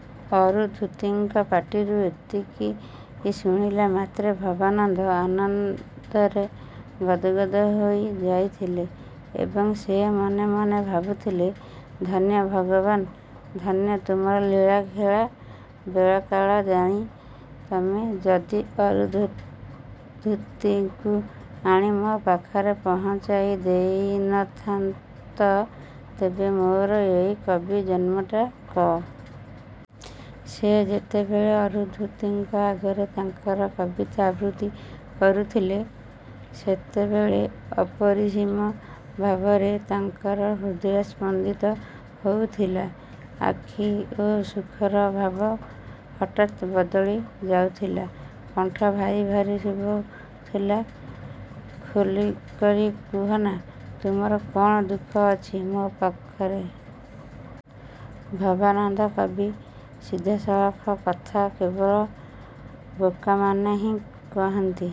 '' ଅରୁନ୍ଧୁତୀଙ୍କ ପାଟିରୁ ଏତିକି ଶୁଣିଲା ମାତ୍ରେ ଭବାନନ୍ଦ ଆନନ୍ଦରେ ଗଦ୍ ଗଦ୍ ହୋଇଯାଉଥିଲେ ଏବଂ ସେ ମନେମନେ ଭାବୁଥିଲେ ଧନ୍ୟ ଭଗବାନ! ଧନ୍ୟ ତୁମର ଲୀଳାଖେଳା-। ବେଳକାଳ ଜାଣି ତମେ ଯଦି ଅରୁନ୍ଧୁତୀକୁ ଆଣି ମୋ ପାଖରେ ପହଞ୍ଚାଇ ଦେଇନଥାନ୍ତ, ତେବେ ମୋର ଏଇ କବି ଜନ୍ମଟା କ'ଣ ସାର୍ଥକ ହୋଇପାରନ୍ତା? ସେ ଯେତେବେଳେ ଅରୁନ୍ଧୁତୀଙ୍କ ଆଗରେ ତାଙ୍କର କବିତା ଆବୃତ୍ତି କରୁଥିଲେ, ସେତେବେଳେ ଅପରିସୀମ ଭାବରେ ତାଙ୍କର ହୃଦୟ ସ୍ପନ୍ଦିତ ହେଉଥିଲା। ଆଖି ଓ ସୁଖର ଭାବ ହଠାତ୍ ବଦଳି ଯାଉଥିଲା। କଣ୍ଠ ଭାରି ଭାରି ଶୁଭୁଥିଲା। ଖୋଲିକରି କୁହନା, ତୁମର କ'ଣ ଦୁଃଖ ଅଛି? ମୋ ପାଖରେ ଲାଜ ପୁଣି ଗୋଟେ କ'ଣ? '' ଭବାନନ୍ଦ କବି। ସିଧାସଳଖ କଥା କେବଳ ବୋକାମାନେ ହିଁ କହନ୍ତି।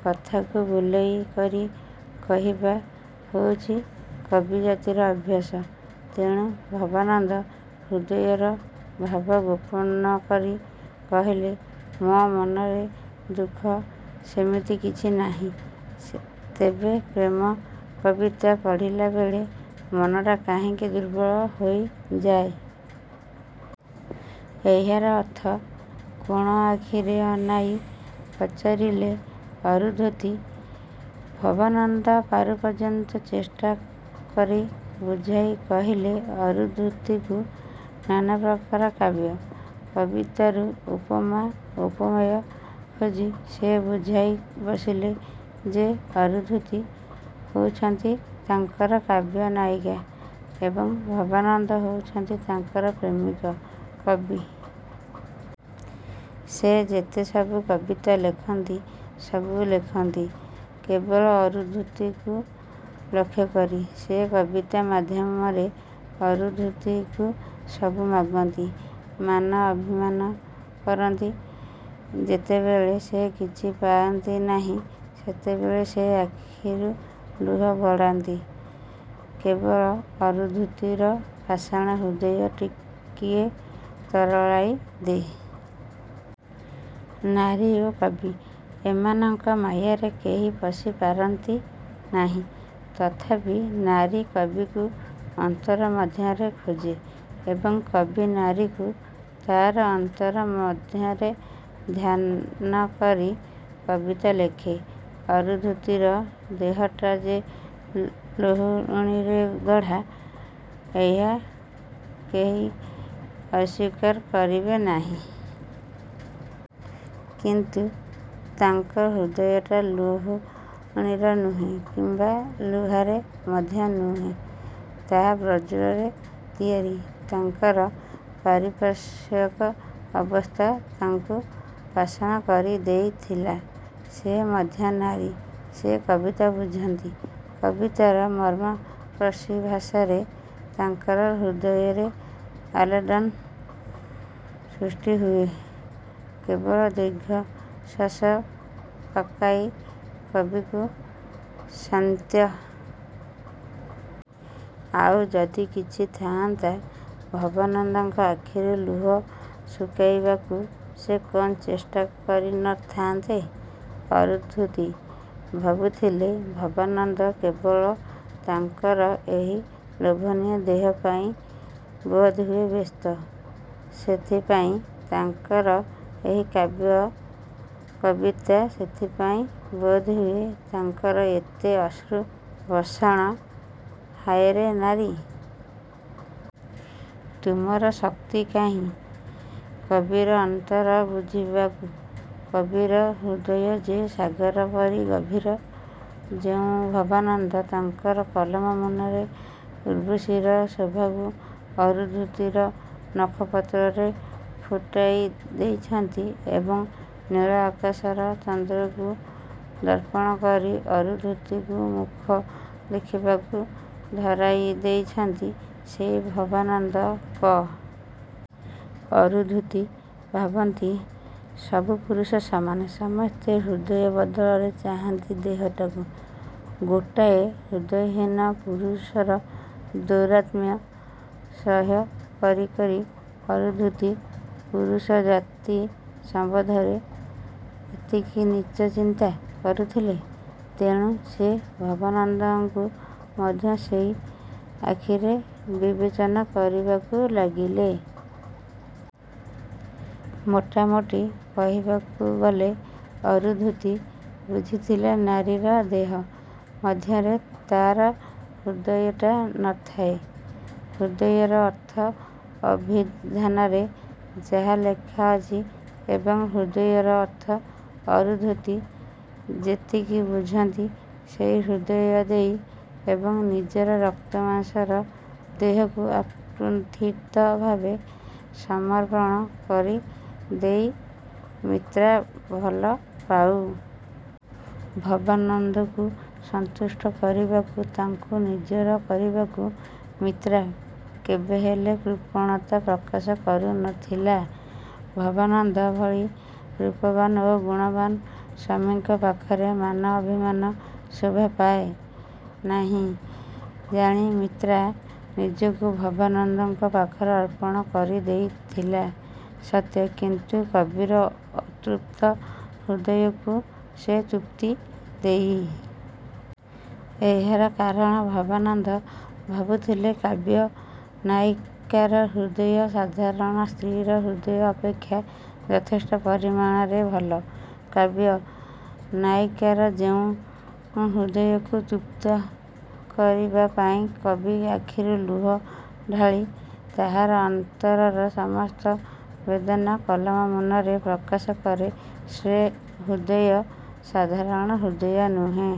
କଥାକୁ ବୁଲେଇକରି କହିବା ହେଉଛି କବିଜାତିର ଅଭ୍ୟାସ। ତେଣୁ ଭବାନନ୍ଦ ହୃଦୟର ଭାବ ଗୋପନକରି କହିଲେ, ''ମୋ ମନରେ ଦୁଃଖ ସେମିତି କିଛି ନାହିଁ। ତେବେ ପ୍ରେମ କବିତା ପଢ଼ିଲା ବେଳେ ମନଟା କାହିଁକି ଦୁର୍ବଳ ହୋଇଯାଏ। '' ''ଏହାର ଅର୍ଥ? '' କୋଣ ଆଖିରେ ଅନାଇ ପଚାରିଲେ ଅରୁନ୍ଧୁତୀ। ଭବାନନ୍ଦ ପାରୁପର୍ଯ୍ୟନ୍ତ ଚେଷ୍ଟାକରି ବୁଝାଇ କହିଲେ ଅରୁନ୍ଧୁତୀକୁ। ନାନାପ୍ରକାର କାବ୍ୟ କବିତାରୁ ଉପମା, ଉପମେୟ ଖୋଜି। ସେ ବୁଝାଇ ବସିଲେ ଯେ ଅରୁନ୍ଧୁତୀ ହେଉଛନ୍ତି ତାଙ୍କର କାବ୍ୟନାୟିକା ଏବଂ ଭବାନନ୍ଦ ହେଉଛନ୍ତି ତାଙ୍କର ପ୍ରେମିକ କବି। ସେ ଯେତେସବୁ କବିତା ଲେଖନ୍ତି ସବୁ ଲେଖନ୍ତି କେବଳ ଅରୁନ୍ଧୁତୀକୁ ଲକ୍ଷ୍ୟକରି। ସେ କବିତା ମାଧ୍ୟମରେ ଅରୁନ୍ଧୁତୀକୁ ସବୁ ମାଗନ୍ତି। ମାନ, ଅଭିମାନ କରନ୍ତି। ଯେତେବେଳେ ସେ କିଛି ପାଆନ୍ତି ନାହିଁ, ସେତେବେଳେ ସେ ଆଖିରୁ ଲୁହ ଗଡ଼ାନ୍ତି, କେବଳ ଅରୁନ୍ଧୁତୀର ପାଷାଣ ହୃଦୟ ଟିକିଏ ତରଳାଇ ଦେବାକୁ। ନାରୀ ଓ କବି ଏମାନଙ୍କ ମାୟାରେ କେହି ପଶି ପାରନ୍ତି ନାହିଁ। ତଥାପି ନାରୀ କବିକୁ ଅନ୍ତର ମଧ୍ୟରେ ଖୋଜେ ଏବଂ କବି ନାରୀକୁ ତା'ର ଅନ୍ତର ମଧ୍ୟରେ ଧ୍ୟାନକରି କବିତା ଲେଖେ। ଅରୁନ୍ଧୁତୀର ଦେହଟା ଯେ ଲହୁଣୀରେ ଗଢ଼ା, ଏହା କେହି ଅସ୍ୱୀକାର କରିବେ ନାହିଁ। କିନ୍ତୁ ତାଙ୍କ ହୃଦୟଟା ଲହୁଣୀର ନୁହେଁ କିମ୍ବା ଲୁହାରେ ମଧ୍ୟ ନୁହେଁ। ତାହା ବଜ୍ରରେ ତିଆରି। ତାଙ୍କର ପାରିପାର୍ଶ୍ୱିକ ଅବସ୍ଥା ତାଙ୍କୁ ପାଷାଣ କରିଦେଇଥିଲା। ସେ ମଧ୍ୟ ନାରୀ। ସେ କବିତା ବୁଝନ୍ତି। କବିତାର ମର୍ମସ୍ପର୍ଶୀ ଭାଷାରେ ତାଙ୍କର ହୃଦୟରେ ଆଲୋଡ଼ନ ସୃଷ୍ଟିହୁଏ। କେବଳ ଦୀର୍ଘଶ୍ୱାସ ପକାଇ କବିକୁ ସାନ୍ତ୍ୱାନା ଦେବା ବ୍ୟତୀତ ତାଙ୍କ ପାଖରେ ଆଉ କିଛି ନ ଥିଲା। ଆଉ ଯଦି କିଛି ଥାଆନ୍ତା, ଭବାନନ୍ଦଙ୍କ ଆଖିରୁ ଲୁହ ଶୁଖାଇବାକୁ ସେ କ'ଣ ଚେଷ୍ଟା କରିନଥାନ୍ତେ? ଅରୁନ୍ଧୁତୀ ଭାବୁଥିଲେ ଭବାନନ୍ଦ କେବଳ ତାଙ୍କର ଏହି ଲୋଭନୀୟ ଦେହପାଇଁ ବୋଧହୁଏ ବ୍ୟସ୍ତ। ସେଥିପାଇଁ ତାଙ୍କର ଏହି କାବ୍ୟ, କବିତା। ସେଥିପାଇଁ ବୋଧହୁଏ ତାଙ୍କର ଏତେ ଅଶ୍ରୁବର୍ଷଣ। ହାୟରେ ନାରୀ! ତୁମର ଶକ୍ତି କାହିଁ କବିର ଅନ୍ତର ବୁଝିବାକୁ। କବିର ହୃଦୟ ଯେ ସାଗର ପରି ଗଭୀର। ଯେଉଁ ଭବାନନ୍ଦ ତାଙ୍କର କଲମ ମୂନରେ ଉର୍ବଶୀର ଶୋଭାକୁ ଅରୁନ୍ଧୁତୀର ନଖପତ୍ରରେ ଫୁଟାଇ ଦେଇଛନ୍ତି ଏବଂ ନୀଳ ଆକାଶର ଚନ୍ଦ୍ରକୁ ଦର୍ପଣ କରି ଅରୁନ୍ଧୁତୀକୁ ମୁଖ ଦେଖିବାକୁ ଧରାଇ ଦେଇଛନ୍ତି, ସେହି ଭବାନନ୍ଦ କ'ଣ ରକ୍ତମାଂସ ଲୋଭୀ କୁକୁର? ଅରୁନ୍ଧୁତୀ ଭାବନ୍ତି ସବୁ ପୁରୁଷ ସମାନ। ସମସ୍ତେ ହୃଦୟ ବଦଳରେ ଚାହାଁନ୍ତି ଦେହଟାକୁ-। ଗୋଟାଏ ହୃଦୟହୀନ ପୁରୁଷର ଦୌରାତ୍ମ୍ୟ ସହ୍ୟ କରି କରି ଅରୁନ୍ଧୁତୀ ପୁରୁଷଜାତି ସମ୍ବନ୍ଧରେ ଏତିକି ନୀଚ ଚିନ୍ତା କରୁଥିଲେ। ତେଣୁ ସେ ଭବାନନ୍ଦଙ୍କୁ ମଧ୍ୟ ସେହି ଆଖିରେ ବିବେଚନା କରିବାକୁ ଲାଗିଲେ। ମୋଟାମୋଟି କହିବାକୁ ଗଲେ ଅରୁନ୍ଧୁତୀ ବୁଝିଥିଲେ ନାରୀର ଦେହ ମଧ୍ୟରେ ତା'ର ହୃଦୟଟା ନଥାଏ। ହୃଦୟର ଅର୍ଥ ଅଭିଧାନରେ ଯାହା ଲେଖାଅଛି ଏବଂ ହୃଦୟର ଅର୍ଥ ଅରୁନ୍ଧୁତୀ ଯେତିକି ବୁଝନ୍ତି ସେହି ହୃଦୟଦେଇ ଏବଂ ନିଜର ରକ୍ତମାଂସର ଦେହକୁ ଆକୁଣ୍ଠିତଭାବେ ସମର୍ପଣ କରିଦେଇ ମିତ୍ରା ଭଲପାଉଥିଲା ଭବାନନ୍ଦକୁ। ଭବାନନ୍ଦକୁ ସନ୍ତୁଷ୍ଟ କରିବାକୁ, ତାଙ୍କୁ ନିଜର କରିବାକୁ ମିତ୍ରା କେବେହେଲେ କୃପଣତା ପ୍ରକାଶ କରୁନଥିଲା। ଭବାନନ୍ଦ ଭଳି ରୂପବାନ୍ ଓ ଗୁଣବାନ୍ ସ୍ୱାମୀଙ୍କ ପାଖରେ ମାନ ଅଭିମାନ ଶୋଭାପାଏ ନାହିଁ ଜାଣି ମିତ୍ରା ନିଜକୁ ଭବାନନ୍ଦଙ୍କ ପାଖରେ ଅର୍ପଣ କରିଦେଇଥିଲା ସତ୍ୟ; କିନ୍ତୁ କବିର ଅତୃପ୍ତ ହୃଦୟକୁ ସେ ତୃପ୍ତି ଦେଇପାରୁ ନଥିଲା। ଏହାର କାରଣ, ଭବାନନ୍ଦ ଭାବୁଥିଲେ କାବ୍ୟ ନାୟିକାର ହୃଦୟ ସାଧାରଣ ସ୍ତ୍ରୀର ହୃଦୟ ଅପେକ୍ଷା ଯଥେଷ୍ଟ ପରିମାଣରେ ଭଲ। କାବ୍ୟ ନାୟିକାର ଯେଉଁ ହୃଦୟକୁ ତୃପ୍ତ କରିବା ପାଇଁ କବି ଆଖିରୁ ଲୁହ ଢାଳି ତାହାର ଅନ୍ତରର ସମସ୍ତ ବେଦନା କଲମ ମୁନରେ ପ୍ରକାଶ କରେ ସେ ହୃଦୟ ସାଧାରଣ ହୃଦୟ ନୁହେଁ।